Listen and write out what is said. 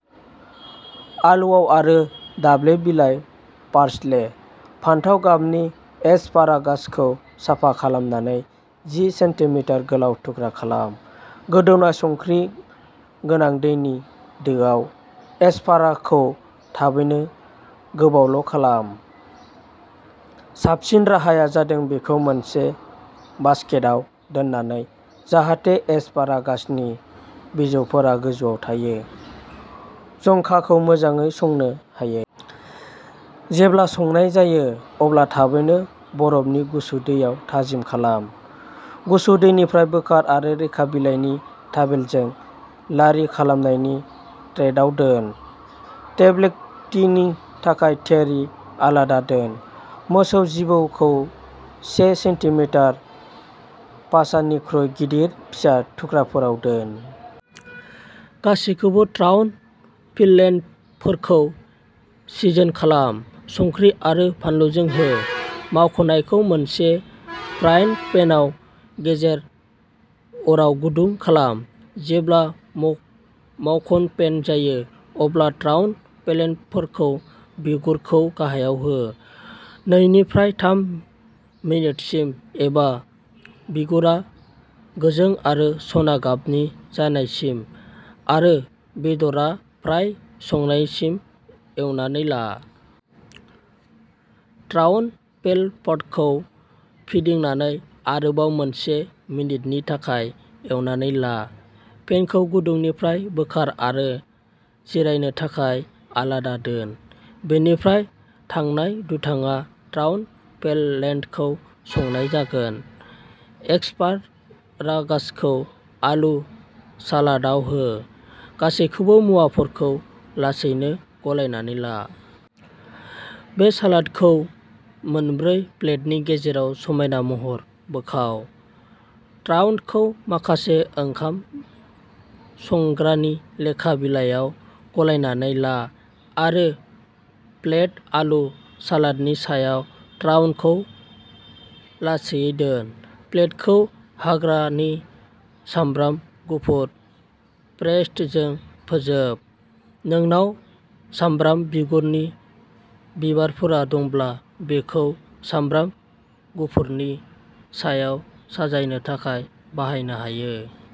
आलुआव आरो दाब्ले बिलाइ पार्सले। फान्थाव गाबनि एसपारागासखौ साफा खालामनानै जि सेन्टिमिटार गोलाव थुख्रा खालाम। गोदौनाय संख्रि गोनां दैनि दोआव एसपारागासखौ थाबैनो गोबावल' खालाम। साबसिन राहाया जादों बेखौ मोनसे बास्केटआव दोननानै, जाहाथे एसपारागासनि बिजौफोरा गोजौआव थायो, जंखाखौ मोजाङै संनो हायो। जेब्ला संनाय जायो, अब्ला थाबैनो बरफनि गुसु दैयाव थाजिम खालाम। गुसु दैनिफ्राय बोखार आरो लेखा बिलाइनि तावेलजों लारि खालामजानाय ट्रेआव दोन; प्लेटिंगनि थाखाय थियारि आलादा दोन। मोसौ जिबौखौ से सेन्टिमिटार पासानिख्रुइ गिदिर फिसा थुख्राफोराव दान। गासैबो ट्राउट फिललेटफोरखौ सिजोन खालाम। संख्रि आरो बानलुजों हो। माखनखौ मोनसे फ्राइं पेनआव गेजेर अराव गुदुं खालाम। जेब्ला माखनआ फेन जायो, अब्ला ट्राउट फिललेटफोर, बिगुरखौ गाहायाव हो। नैनिफ्राय थाम मिनिटसिम एबा बिगुरा गोजों आरो सना गाबनि जानायसिम आरो बेदरआ फ्राय संनायसिम एवनानै ला। ट्राउनट फिलपटफोरखौ फिदिंनानै आरोबाव मोनसे मिनिटनि थाखाय एवनानै ला। पेनखौ दुंनायनिफ्राय बोखार आरो जिरायनो थाखाय आलादा दोन। पेननिफ्राय थालांनाय दुंथाया ट्राउनट फिललेटखौ संनाय जागोन। एस्पारागासखौ आलु सालादाव हो; गासैबो मुवाफोरखौ लासैयै गलायनानै ला। बे सालादखौ मोनब्रै प्लेटनि गेजेराव समाइना महरै बोखाव। ट्राउटखौ माखासे ओंखाम संग्रानि लेखा बिलाइयाव गलायनानै ला आरो प्लेड आलु सालादनि सायाव ट्राउटखौ लासैयै दोन। प्लेटखौ हाग्रानि सामब्राम गुफुर पेस्टजों फोजोब। नोंनाव सामब्राम गुफुरनि बिबारफोर दंब्ला, बेखौ सामब्राम गुफुरनि सायाव साजायनो थाखाय बाहायनो हायो।